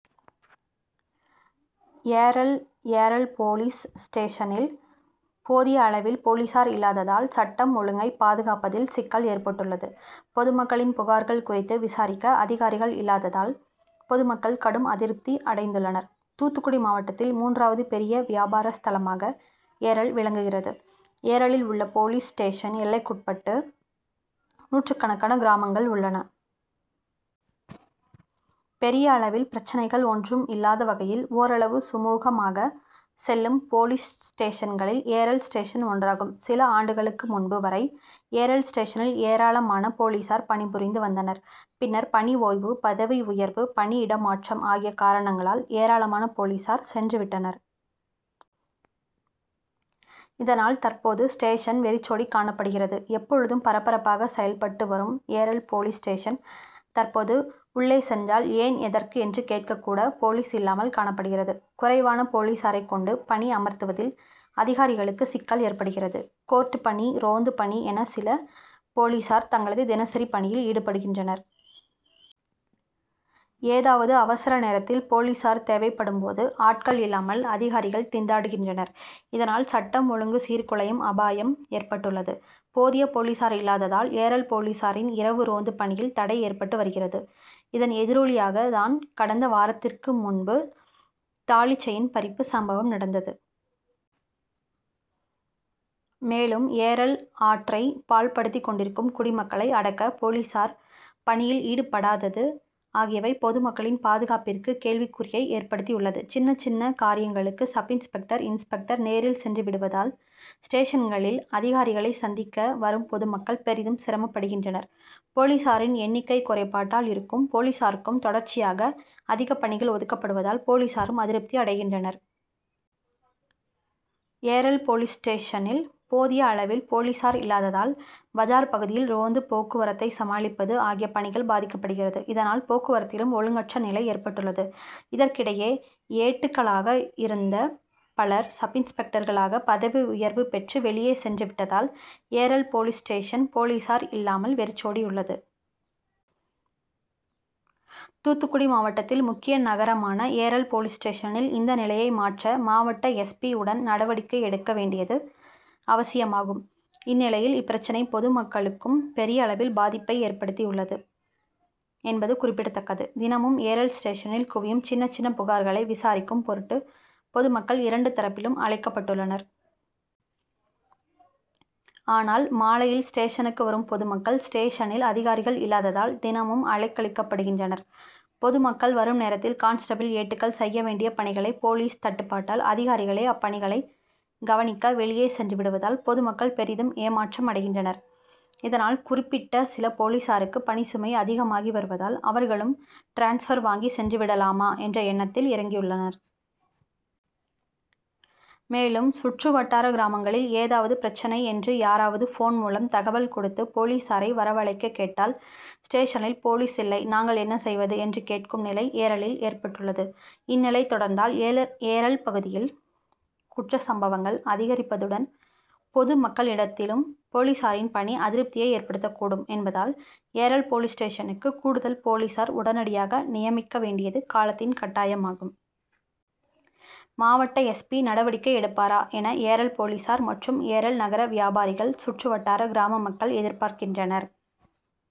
ஏரல் ஏரல்போலீஸ் ஸ்டேஷனில் போதிய அளவில் போலீசார் இல்லாததால் சட்டம் ஒழுங்கை பாதுகாப்பதில் சிக்கல் ஏற்பட்டுள்ளது. பொதுமக்களின் புகார்கள் குறித்து விசாரிக்க அதிகாரிகள் இல்லாததால் பொதுமக்கள் கடும் அதிருப்தி அடைந்துள்ளனர். தூத்துக்குடி மாவட்டத்தில் மூன்றாவது பெரிய வியாபார ஸ்தலமாக ஏரல் விளங்குகிறது. ஏரலில் உள்ள போலீஸ் ஸ்டேஷன் எல்லைக்குட்பட்டு நூற்றுக்கணக்கான கிராமங்கள் உள்ளன. பெரிய அளவில் பிரச்னைகள் ஒன்றும் இல்லாத வகையில் ஓரளவு சுமூகமாக செல்லும் போலீஸ் ஸ்டேஷன்களில் ஏரல் ஸ்டேஷன் ஒன்றாகும். சில ஆண்டுகளுக்கு முன்பு வரை ஏரல் ஸ்டேஷனில் ஏராளமான போலீசார் பணிபுரிந்து வந்தனர். பின்னர் பணி ஓய்வு, பதவி உயர்வு, பணி இடமாற்றம் ஆகிய காரணங்களால் ஏராளமான போலீசார் சென்றுவிட்டனர். இதனால் தற்போது ஸ்டேஷன் வெறிச்சோடி காணப்படுகிறது. எப்பொழுதும் பரபரப்பாக செயல்பட்டு வரும் ஏரல் போலீஸ் ஸ்டேஷன் தற்போது உள்ளே சென்றால் ஏன் எதற்கு என்று கேட்க கூட போலீஸ் இல்லாமல் காணப்படுகிறது. குறைவான போலீசாரைக் கொண்டு பணி அமர்த்துவதில் அதிகாரிகளுக்கு சிக்கல் ஏற்படுகிறது. கோர்ட் பணி, ரோந்து பணி என சில போலீசார் தங்களது தினசரி பணியில் ஈடுபடுகின்றனர். ஏதாவது அவசர நேரத்தில் போலீசார் தேவைப்படும் போது ஆட்கள் இல்லாமல் அதிகாரிகள் திண்டாடுகின்றனர். இதனால் சட்டம் ஒழுங்கு சீர்குலையும் அபாயம் ஏற்பட்டுள்ளது. போதிய போலீசார் இல்லாததால் ஏரல் போலீசாரின் இரவு ரோந்து பணியில் தடை ஏற்பட்டு வருகிறது. இதன் எதிரொலியாக தான் கடந்த வாரத்திற்கு முன்பு தாலிசெயின் பறிப்பு சம்பவம் நடந்தது. மேலும் ஏரல் ஆற்றை பாழ்படுத்தி கொண்டிருக்கும் குடிமக்களை அடக்க போலீசார் பணியில் ஈடுபடாதது ஆகியவை பொதுமக்களின் பாதுகாப்பிற்கு கேள்விக்குறியை ஏற்படுத்தியுள்ளது. சின்ன சின்ன காரியங்களுக்கு சப்-இன்ஸ்பெக்டர், இன்ஸ்பெக்டர் நேரில் சென்று விடுவதால் ஸ்டேஷன்களில் அதிகாரிகளை சந்திக்க வரும் பொதுமக்கள் பெரிதும் சிரமப்படுகின்றனர். போலீசாரின் எண்ணிக்கை குறைபாட்டால் இருக்கும் போலீசாருக்கும் தொடர்ச்சியாக அதிக பணிகள் ஒதுக்கப்படுவதால் போலீசாரும் அதிருப்தி அடைகின்றனர். ஏரல் போலீஸ் ஸ்டேஷனில் போதிய அளவில் போலீசார் இல்லாததால் பஜார் பகுதியில் ரோந்து, போக்குவரத்தை சமாளிப்பது ஆகிய பணிகள் பாதிக்கப்படுகிறது. இதனால் போக்குவரத்திலும் ஒழுங்கற்ற நிலை ஏற்பட்டுள்ளது. இதற்கிடையே ஏட்டுக்களாக இருந்த பலர் சப்-இன்ஸ்பெக்டர்களாக பதவி உயர்வு பெற்று வெளியே சென்று விட்டதால் ஏரல் போலீஸ் ஸ்டேஷன் போலீசார் இல்லாமல் வெறிச்சோடியுள்ளது. தூத்துக்குடி மாவட்டத்தில் முக்கிய நகரமான ஏரல் போலீஸ் ஸ்டேஷனில் இந்த நிலையை மாற்ற மாவட்ட எஸ். பி., உடன் நடவடிக்கை எடுக்க வேண்டியது அவசியமாகும். இந்நிலையில் இப்பிரச்சனை பொதுமக்களுக்கும் பெரிய அளவில் பாதிப்பை ஏற்படுத்தியுள்ளது என்பது குறிப்பிடத்தக்கது. தினமும் ஏரல் ஸ்டேஷனில் குவியும் சின்ன சின்ன புகார்களை விசாரிக்கும் பொருட்டு பொதுமக்கள் இரண்டு தரப்பிலும் அழைக்கப்பட்டுள்ளனர். ஆனால் மாலையில் ஸ்டேஷனுக்கு வரும் பொதுமக்கள் ஸ்டேஷனில் அதிகாரிகள் இல்லாததால் தினமும் அலைக்கழிக்கப்படுகின்றனர். பொதுமக்கள் வரும் நேரத்தில் கான்ஸ்டபிள், ஏட்டுக்கள் செய்யவேண்டிய பணிகளை போலீஸ் தட்டுப்பாட்டால் அதிகாரிகளே அப்பணிகளை கவனிக்க வெளியே சென்றுவிடுவதால் பொதுமக்கள் பெரிதும் ஏமாற்றம் அடைகின்றனர். இதனால் குறிப்பிட்ட சில போலீசாருக்கு பணிசுமை அதிகமாகி வருவதால் அவர்களும் டிரான்ஸ்ஃபர் வாங்கி சென்றுவிடலாமா என்ற எண்ணத்தில் இறங்கியுள்ளனர். மேலும், சுற்றுவட்டார கிராமங்களில் ஏதாவது பிரச்சனை என்று யாராவது போன் மூலம் தகவல் கொடுத்து போலீசாரை வரவழைக்க கேட்டால் ஸ்டேஷனில் போலீஸ் இல்லை நாங்கள் என்ன செய்வது என்று கேட்கும் நிலை ஏரலில் ஏற்பட்டுள்ளது. இந்நிலை தொடர்ந்தால் ஏரல் பகுதியில் குற்ற சம்பவங்கள் அதிகரிப்பதுடன் பொது மக்களிடத்திலும் போலீசாரின் பணி அதிருப்தியை ஏற்டுத்தக் கூடும் என்பதால் ஏரல் போலீஸ் ஸ்டேஷனுக்கு கூடுதல் போலீசார் உடனடியாக நியமிக்க வேண்டியது காலத்தின் கட்டாயமாகும். மாவட்ட எஸ். பி.,நடவடிக்கை எடுப்பாரா என ஏரல் போலீசார் மற்றும் ஏரல் நகர வியாபாரிகள், சுற்று வட்டார கிராமமக்கள் எதிர்பார்க்கின்றனர்.